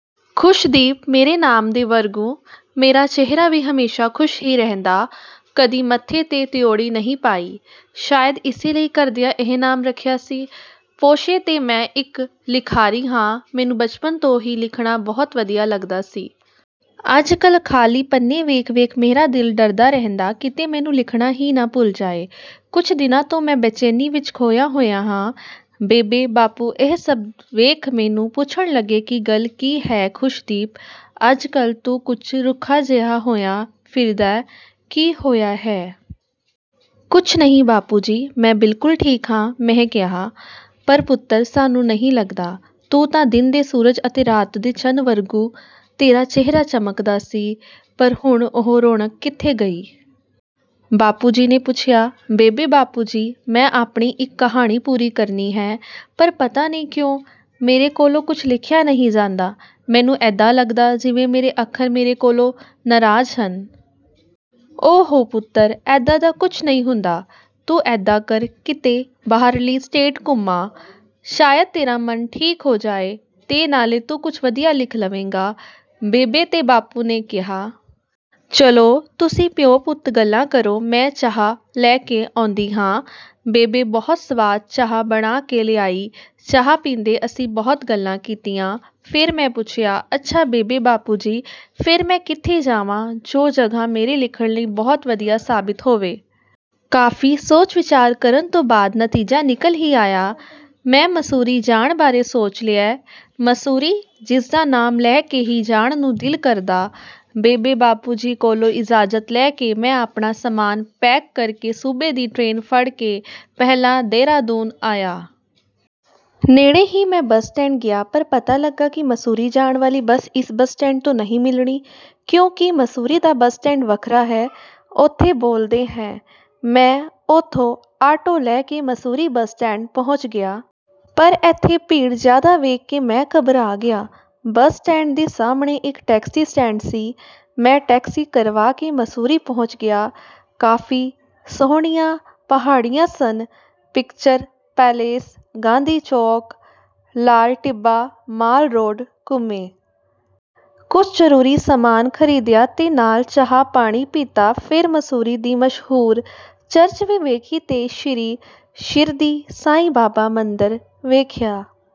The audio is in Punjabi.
ਖੁਸ਼ਦੀਪ, ਮੇਰੇ ਨਾਮ ਦੇ ਵਰਗੂੰ ਮੇਰਾ ਚਿਹਰਾ ਵੀ ਹਮੇਸ਼ਾ ਖੁਸ਼ ਹੀ ਰਹਿੰਦਾ, ਕਦੀ ਮੱਥੇ ਤੇ ਤਿਉੜੀ ਨਹੀਂ ਪਾਈ। ਸ਼ਾਇਦ ਇਸੇ ਲਈ ਘਰਦਿਆਂ ਇਹ ਨਾਮ ਰੱਖਿਆ ਸੀ। ਪੇਸ਼ੇ ਤੋਂ ਮੈਂ ਇੱਕ ਲਿਖਾਰੀ ਹਾਂ, ਮੈਨੂੰ ਬਚਪਨ ਤੋਂ ਹੀ ਲਿਖਣਾ ਬਹੁਤ ਵਧੀਆ ਲੱਗਦਾ ਸੀ। ਅੱਜ-ਕੱਲ੍ਹ ਖਾਲੀ ਪੰਨੇ ਵੇਖ-ਵੇਖ ਮੇਰਾ ਦਿਲ ਡਰਦਾ ਰਹਿੰਦਾ, ਕਿਤੇ ਮੈਂਨੂੰ ਲਿਖਣਾ ਹੀ ਨਾ ਭੁੱਲ ਜਾਏ। ਕੁਝ ਦਿਨਾਂ ਤੋਂ ਮੈਂ ਬੇਚੈਨੀ ਵਿੱਚ ਖੋਇਆ ਹੋਇਆ ਹਾਂ। ਬੇਬੇ-ਬਾਪੂ ਇਹ ਸਭ ਵੇਖ ਮੈਨੂੰ ਪੁੱਛਣ ਲੱਗੇ ਕਿ ਗੱਲ ਕੀ ਹੈ ਖੁਸ਼ਦੀਪ, ਅੱਜ-ਕੱਲ੍ਹ ਤੂੰ ਕੁਝ ਰੁੱਖਾ ਜਿਹਾ ਹੋਇਆ ਫਿਰਦਾ, ਕੀ ਹੋਇਆ ਹੈ? ਕੁਝ ਨਹੀਂ ਬਾਪੂ ਜੀ, ਮੈਂ ਬਿਲਕੁਲ ਠੀਕ ਹਾਂ, ਮੈਂ ਕਿਹਾ। ਪਰ ਪੁੱਤਰ, ਸਾਨੂੰ ਨਹੀਂ ਲੱਗਦਾ। ਤੂੰ ਤਾਂ ਦਿਨ ਦੇ ਸੂਰਜ ਅਤੇ ਰਾਤ ਦੇ ਚੰਨ ਵਰਗੂੰ, ਤੇਰਾ ਚਿਹਰਾ ਚਮਕਦਾ ਸੀ, ਪਰ ਹੁਣ ਉਹ ਰੌਣਕ ਕਿੱਥੇ ਗਈ? ਬਾਪੂ ਜੀ ਨੇ ਪੁੱਛਿਆ। ਬੇਬੇ-ਬਾਪੂ ਜੀ, ਮੈਂ ਆਪਣੀ ਇੱਕ ਕਹਾਣੀ ਪੂਰੀ ਕਰਨੀ ਹੈ, ਪਰ ਪਤਾ ਨਹੀਂ ਕਿਉਂ? ਮੇਰੇ ਕੋਲੋਂ ਕੁਝ ਲਿਖਿਆ ਨਹੀਂ ਜਾਂਦਾ। ਮੈਨੂੰ ਏਦਾਂ ਲੱਗਦਾ, ਜਿਵੇਂ ਮੇਰੇ ਅੱਖਰ ਮੇਰੇ ਕੋਲੋਂ ਨਾਰਾਜ਼ ਹਨ। ਓਹੋ ਪੁੱਤਰ, ਏਦਾਂ ਦਾ ਕੁਝ ਨਹੀਂ ਹੁੰਦਾ। ਤੂੰ ਏਦਾਂ ਕਰ, ਕਿਤੇ ਬਾਹਰਲੀ ਸਟੇਟ ਘੁੰਮ ਆ। ਸ਼ਾਇਦ ਤੇਰਾ ਮਨ ਠੀਕ ਹੋ ਜਾਏ ਤੇ ਨਾਲੇ ਤੂੰ ਕੁਝ ਵਧੀਆ ਲਿਖ ਲਵੇਂਗਾ, ਬੇਬੇ ਤੇ ਬਾਪੂ ਨੇ ਕਿਹਾ। ਚੱਲੋ, ਤੁਸੀਂ ਪਿਓ-ਪੁੱਤ ਗੱਲਾਂ ਕਰੋ, ਮੈਂ ਚਾਹ ਲੈ ਕੇ ਆਉਂਦੀ ਹਾਂ। ਬੇਬੇ ਬਹੁਤ ਸਵਾਦ ਚਾਹ ਬਣਾ ਕੇ ਲਿਆਈ। ਚਾਹ ਪੀਂਦੇ ਅਸੀਂ ਬਹੁਤ ਗੱਲਾਂ ਕੀਤੀਆਂ। ਫੇਰ ਮੈਂ ਪੁੱਛਿਆ, ਅੱਛਾ ਬੇਬੇ-ਬਾਪੂ ਜੀ, ਫੇਰ ਮੈਂ ਕਿੱਥੇ ਜਾਵਾਂ, ਜੋ ਜਗ੍ਹਾ ਮੇਰੇ ਲਿਖਣ ਲਈ ਬਹੁਤ ਵਧੀਆ ਸਾਬਿਤ ਹੋਵੇ? ਕਾਫੀ ਸੋਚ-ਵਿਚਾਰ ਕਰਨ ਤੋਂ ਬਾਅਦ ਨਤੀਜਾ ਨਿਕਲ ਹੀ ਆਇਆ। ਮੈਂ ਮਸੂਰੀ ਜਾਣ ਬਾਰੇ ਸੋਚ ਲਿਆ। ਮਸੂਰੀ, ਜਿਸਦਾ ਨਾਮ ਲੈ ਕੇ ਹੀ ਜਾਣ ਨੂੰ ਦਿਲ ਕਰਦਾ। ਬੇਬੇ-ਬਾਪੂ ਜੀ ਕੋਲੋਂ ਇਜਾਜ਼ਤ ਲੈ ਕੇ, ਮੈਂ ਆਪਣਾ ਸਮਾਨ ਪੈਕ ਕਰਕੇ ਸੂਬੇ ਦੀ ਟ੍ਰੇਨ ਫੜ ਕੇ ਪਹਿਲਾਂ ਦੇਹਰਾਦੂਨ ਆਇਆ। ਨੇੜੇ ਹੀ ਮੈਂ ਬੱਸ ਸਟੈਂਡ ਗਿਆ, ਪਰ ਪਤਾ ਲੱਗਾ ਕਿ ਮਸੂਰੀ ਜਾਣ ਵਾਲੀ ਬੱਸ ਇਸ ਬੱਸ ਸਟੈਂਡ ਤੋਂ ਨਹੀਂ ਮਿਲਣੀ, ਕਿਉਂਕਿ ਮਸੂਰੀ ਦਾ ਬੱਸ ਸਟੈਂਡ ਵੱਖਰਾ ਹੈ। ਓਥੇ ਬੋਲਦੇ ਹੈ। ਮੈਂ ਓਥੋਂ ਆਟੋ ਲੈ ਕੇ ਮਸੂਰੀ ਬੱਸ ਸਟੈਂਡ ਪਹੁੰਚ ਗਿਆ। ਪਰ ਏਥੇ ਭੀੜ ਜ਼ਿਆਦਾ ਵੇਖ ਕੇ ਮੈਂ ਘਬਰਾ ਗਿਆ। ਬੱਸ ਸਟੈਂਡ ਦੇ ਸਾਹਮਣੇ ਇੱਕ ਟੈਕਸੀ ਸਟੈਂਡ ਸੀ। ਮੈਂ ਟੈਕਸੀ ਕਰਵਾ ਕੇ ਮਸੂਰੀ ਪਹੁੰਚ ਗਿਆ। ਕਾਫੀ ਸੋਹਣੀਆਂ ਪਹਾੜੀਆਂ ਸਨ। ਪਿਕਚਰ ਪੈਲੇਸ, ਗਾਂਧੀ ਚੌਂਕ, ਲਾਲ ਟਿੱਬਾ, ਮਾਲ ਰੋਡ ਘੁੰਮੇ। ਕੁਝ ਜ਼ਰੂਰੀ ਸਮਾਨ ਖਰੀਦਿਆ ਤੇ ਨਾਲ ਚਾਹ-ਪਾਣੀ ਪੀਤਾ। ਫੇਰ ਮਸੂਰੀ ਦੀ ਮਸ਼ਹੂਰ ਚਰਚ ਵੀ ਵੇਖੀ ਤੇ ਸ਼੍ਰੀ ਸ਼ਿਰਡੀ ਸਾਈਂ ਬਾਬਾ ਮੰਦਰ ਵੇਖਿਆ।